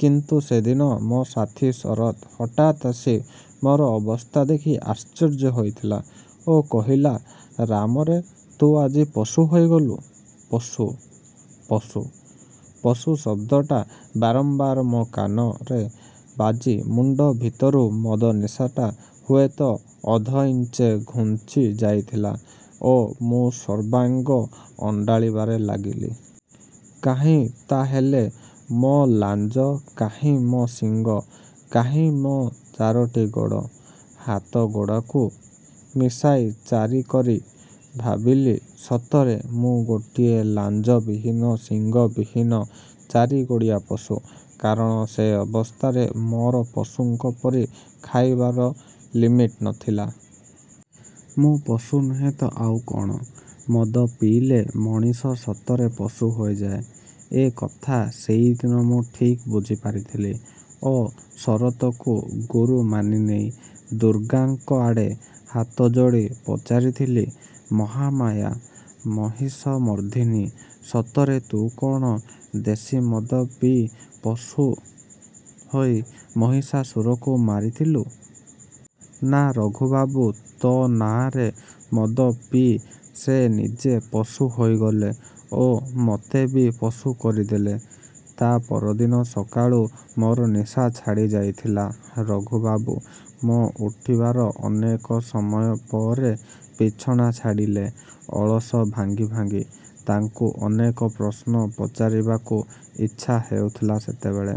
କିନ୍ତୁ ସେଦିନ ମୋ' ସାଥୀ ଶରତ୍ ହଠାତ୍ ଆସି ମୋର ଅବସ୍ଥା ଦେଖି ଆଶର୍ଯ୍ୟ ହୋଇଥିଲା ଓ କହିଲା–ରାମରେ ତୁ ଆଜି ପଶୁ ହୋଇଗଲୁ। ପଶୁ... ପଶୁ...। ପଶୁ ଶବ୍ଦଟା ବାରମ୍ବାର ମୋ' କାନରେ ବାଜି ମୁଣ୍ଡ ଭିତରୁ ମଦ ନିଶାଟା ହୁଏତ ଅଧଇଞ୍ଚେ ଘୁଞ୍ଚି ଯାଇଥିଲା ଓ ମୁଁ ସର୍ବାଙ୍ଗ ଅଣ୍ଡାଳିବାରେ ଲାଗିଲି। କାହିଁ ତା'ହେଲେ ମୋ' ଲାଞ୍ଜ, କାହିଁ ମୋ' ଶିଙ୍ଗ, କାହିଁ ମୋ' ଚାରିଟା ଗୋଡ଼? ହାତଗୋଡ଼କୁ ମିଶାଇ ଚାରି କରି ଭାବିଲି ସତରେ ମୁଁ ଗୋଟିଏ ଲାଞ୍ଜ ବିହୀନ, ଶିଙ୍ଗ ବିହୀନ ଚରିଗୋଡ଼ିଆ ପଶୁ। କାରଣ ସେ ଅବସ୍ଥାରେ ମୋର ପଶୁଙ୍କ ପରି ଖାଇବାର ଲିମିଟ୍ ନଥିଲା। ମୁଁ ପଶୁ ନୁହେଁ ତ ଆଉ କ'ଣ? ମଦ ପିଇଲେ ମଣିଷ ସତରେ ପଶୁ ହୋଇଯାଏ ଏ କଥା ସେଇଦିନ ମୁଁ ଠିକ୍ ବୁଝିପାରିଥିଲି ଓ ଶରତକୁ ଗୁରୁମାନିନେଇ ଦୁର୍ଗାଙ୍କ ଆଡ଼େ ହାତଯୋଡ଼ି ପଚାରିଥିଲି–ମହାମାୟା ମହିଷମର୍ଦ୍ଧିନୀ। ସତରେ ତୁ କ'ଣ ଦେଶୀମଦ ପିଇ ପଶୁ ହୋଇ ମହିଷାସୁରକୁ ମରିଥିଲୁ? ନା ରଘୁବାବୁ ତୋ' ନାଆଁରେ ମଦ ପିଇ ସେ ନିଜେ ପଶୁ ହୋଇଗଲେ ଓ ମୋତେ ବି ପଶୁ କରିଦେଲେ। ତା' ପରଦିନ ସକାଳୁ ମୋର ନିଶା ଛାଡ଼ିଯାଇଥିଲା। ରଘୁବାବୁ ମୋ' ଉଠିବାର ଅନେକ ସମୟ ପରେ ବିଛଣା ଛାଡ଼ିଲେ ଅଳସ ଭାଙ୍ଗି ଭାଙ୍ଗି। ତାଙ୍କୁ ଅନେକ ପ୍ରଶ୍ନ ପଚାରିବାକୁ ଇଚ୍ଛା ହେଉଥିଲା ସେତେବେଳେ।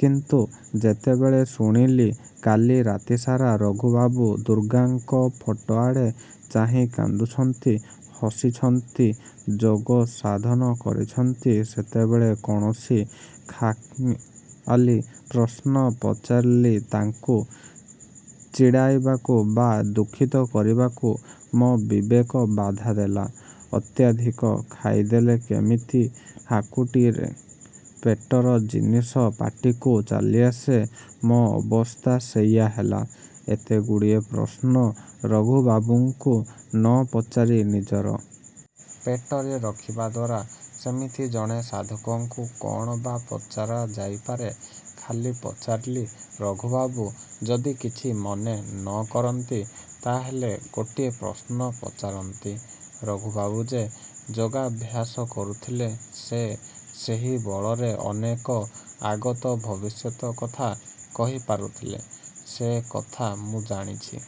କିନ୍ତୁ ଯେତେବେଳେ ଶୁଣିଲି କାଲି ରାତିସାରା ରଘୁବାବୁ ଦୁର୍ଗାଙ୍କ ଫଟୋଆଡ଼େ ଚାହିଁ କାନ୍ଦିଛନ୍ତି, ହସିଛନ୍ତି, ଯୋଗସାଧନ କରିଛନ୍ତି, ସେତେବେଳେ କୌଣସି ଖାମ୍ଖିଆଲି ପ୍ରଶ୍ନ ପଚାରି ତାଙ୍କୁ ଚିଡ଼ାଇବାକୁ ବା ଦୁଃଖିତ କରିବାକୁ ମୋ' ବିବେକ ବାଧା ଦେଲା। ଅତ୍ୟଧିକ ଖାଇଦେଲେ କେମିତି ହାକୁଟିରେ ପେଟର ଜିନିଷ ପାଟିକୁ ଚାଲିଆସେ ମୋ' ଅବସ୍ଥା ସେଇଆ ହେଲା; ଏତେଗୁଡ଼ିଏ ପ୍ରଶ୍ନ ରଘୁବାବୁଙ୍କୁ ନ ପଚାରି ନିଜର। ପେଟରେ ରଖିବା ଦ୍ଵାରା। ସେମିତି ଜଣେ ସାଧକଙ୍କୁ କ'ଣ ବା ପଚରା ଯାଇପାରେ? ଖାଲି ପଚାରିଲି–ରଘୁବାବୁ, ଯଦି କିଛି ମନେ ନ କରନ୍ତି ତା'ହେଲେ ଗୋଟିଏ ପ୍ରଶ୍ନ ପଚାରନ୍ତି। ରଘୁବାବୁ ଯେ ଯୋଗାଭ୍ୟାସ କରୁଥିଲେ ଓ ସେହିବଳରେ ଅନେକ ଆଗତ ଭବିଷ୍ୟତ କଥା କରିପାରୁଥିଲେ ସେ କଥା ମୁଁ ଜାଣିଛି।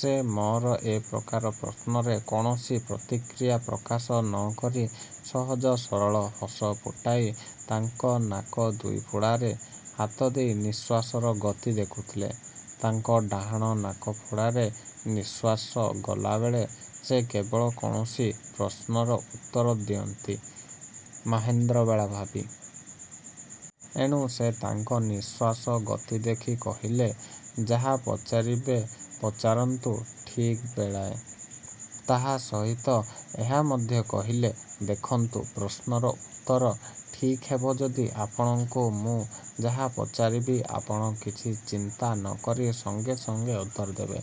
ସେ ମୋର ଏ ପ୍ରକାର ପ୍ରଶ୍ନରେ କୌଣସି ପ୍ରତିକ୍ରିୟା ପ୍ରକାଶ ନ କରି ସହଜ ସରଳ ହସ ଫୁଟାଇ ତାଙ୍କ ନାକର ଦୁଇପୁଡ଼ାରେ ହାତଦେଇ ନିଶ୍ୱାସର ଗତି ଦେଖୁଥିଲେ। ତାଙ୍କ ଡାହାଣ ନାକପୁଡ଼ାରେ ନିଃଶ୍ୱାସ ଗଲାବେଳେ ସେ କେବଳ କୌଣସି ପ୍ରଶ୍ନର ଉତ୍ତର ଦିଅନ୍ତି ମାହେନ୍ଦ୍ରବେଳା ଭାବି। ଏଣୁ ସେ ତାଙ୍କ ନିଃଶ୍ୱାସ ଗତି ଦେଖି କହିଲେ–ଯାହା ପଚାରିବେ ପଚାରନ୍ତୁ ଠିକ୍ ବେଳାଏ। ତା'ସହିତ ଏହା ମଧ୍ୟ କହିଲେ–ଦେଖନ୍ତୁ, ପ୍ରଶ୍ନର ଉତ୍ତର ଠିକ୍ ହେବ ଯଦି ଆପଣଙ୍କୁ ମୁଁ ଯାହା ପଚାରିବି ଆପଣ କିଛି ଚିନ୍ତା ନକରି ସଙ୍ଗେ ସଙ୍ଗେ ଉତ୍ତର ଦେବେ;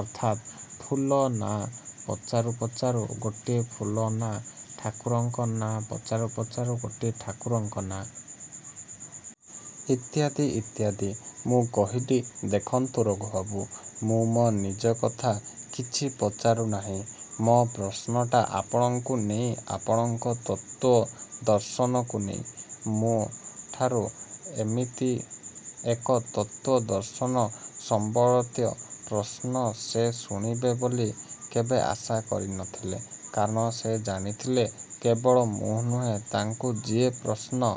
ଅର୍ଥାତ୍ ଫୁଲ ନାଆଁ ପଚାରୁ ପଚାରୁ ଗୋଟିଏ ଫୁଲର ନାଆଁ, ଠାକୁରଙ୍କ ନାଆଁ ପଚାରୁ ପଚାରୁ ଗୋଟିଏ ଠାକୁରଙ୍କ ନାଆଁ... ଇତ୍ୟାଦି ଇତ୍ୟାଦି। ମୁଁ କହିଲି–ଦେଖନ୍ତୁ ରଘୁବାବୁ! ମୁଁ ମୋ' ନିଜ କଥା କିଛି ପଚାରୁ ନାହିଁ। ମୋ' ପ୍ରଶ୍ନଟା ଆପଣଙ୍କୁ ନେଇ ଆପଣଙ୍କ ତତ୍ତ୍ଵ ଦର୍ଶନକୁ ନେଇ। ମୋ'ଠାରୁ ଏମିତି ଏକ ତତ୍ତ୍ଵଦର୍ଶନ ସମ୍ବଳିତ ପ୍ରଶ୍ନ ସେ ଶୁଣିବେ ବୋଲି କେବେ ଆଶା କରିନଥିଲେ, କାରଣ ସେ ଜାଣିଥିଲେ କେବଳ ମୁଁ ନୁହେଁ ତାଙ୍କୁ ଯିଏ ପ୍ରଶ୍ନ